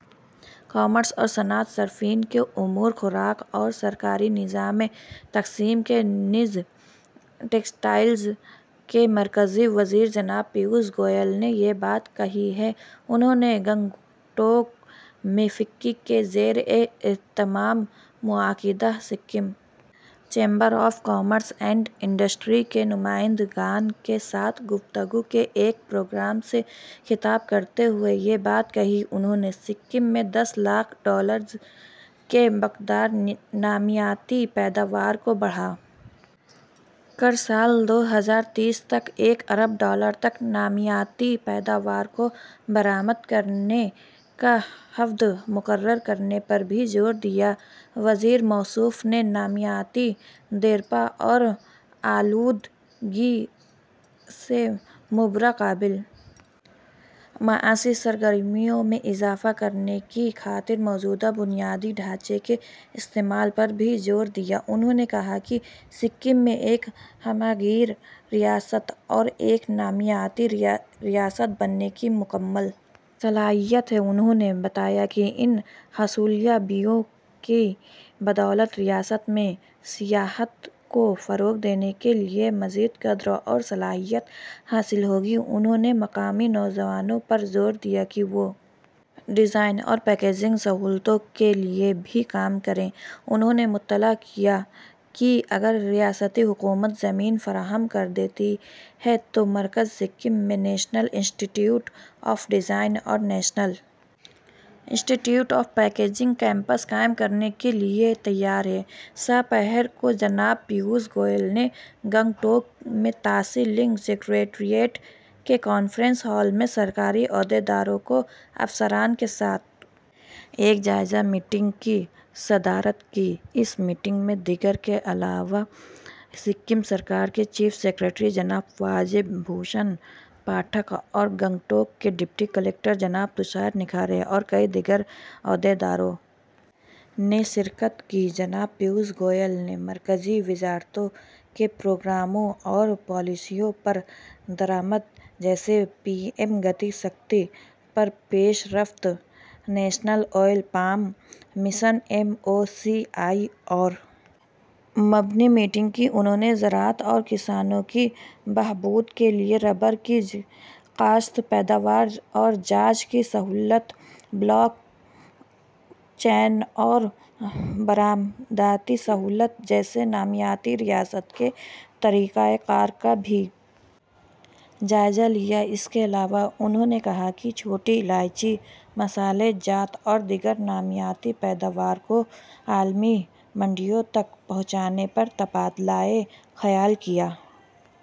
commerce اور صنعت صارفین کے امور خوراک اور سرکاری نظام تقسیم نیز ٹیکسٹائلز کے مرکزی وزیر جناب پیوش گوئل نے یہ بات کہی ہے انہوں نے گنگٹوک میں فکی کے زیراہتمام منعقدہ Sikkim chamber of commerce and industry کے نمائندگان کے ساتھ گفتگو کے ایک پروگرام سے خطاب کرتے ہوئے یہ بات کہی انہوں نے سکم میں دس لاکھ ڈالرز کے بقدر نامیاتی پیداوار کو بڑھا کر سال دو ہزار تیس تک ایک ارب ڈالرز تک نامیاتی پیداوار کو برآمد کرنے کا ہدف مقرر کرنے پر بھی زور دیا وزیر موصوف نے نامیاتی دیرپا اور آلودگی سے مبرا قابل معاشی سرگرمیوں میں اضافہ کرنے کی خاطر موجودہ بنیادی ڈھانچے کے استعمال پر بھی زور دیا انہوں نے کہا کہ سکم میں ایک ہمہ گیر ریاست اور ایک نامیاتی ریاست بننے کی مکمل صلاحیت ہے انہوں نے بتایا کہ ان حصولیابیوں کی بدولت ریاست میں سیاحت کو فروغ دینے کے لیے مزید قدر اور صلاحیت حاصل ہوگی انہوں نے مقامی نوجوانوں پر زور دیا کہ وہ ڈیزائن اور پیکیجنگ سہولتوں کے لیے بھی کام کریں انہوں نے مطلع کیا کہ اگر ریاستی حکومت زمین فراہم کر دیتی ہے تو مرکز سکم میں national institute of design اور national institute of packaging campus قائم کرنے کے لیے تیار ہے سہ پہر کو جناب پیوش گوئل نے گنگٹوک میں تاشی لنگ سکریٹریٹ کے کانفرنس ہال میں سرکاری عہدیداروں اور افسران کے ساتھ ایک جائزہ میٹنگ کی صدارت کی اس میٹنگ میں دیگر کے علاوہ سکم سرکار کے چیف سکریٹری جناب وجے بھوشن پاٹھک اور گنگٹوک کے ڈپٹی کلکٹر جناب تشار نکھارے اور کئی دیگر عہدیداروں نے شرکت کی جناب پیوش گوئل نے مرکزی وزارتوں کے پروگراموں اور پالیسیوں پر عمل درآمد جیسے پی ایم گتی شکتی پر پیش رفت national oil palm mission M O C I اور مبنی میٹنگ کی انہوں نے زراعت اور کسانوں کی بہبود کے لیے ربر کی کاشت پیداوار اور جانچ کی سہولت بلاک چین اور برآمداتی سہولت جیسے نامیاتی ریاست کے طریق کار کا بھی جائزہ لیا اس کے علاوہ انہوں نے کہا کہ چھوٹی الائچی مصالحہ جات اور دیگر نامیاتی پیداوار کو عالمی منڈیوں تک پہنچانے پر تبادلہ خیال کیا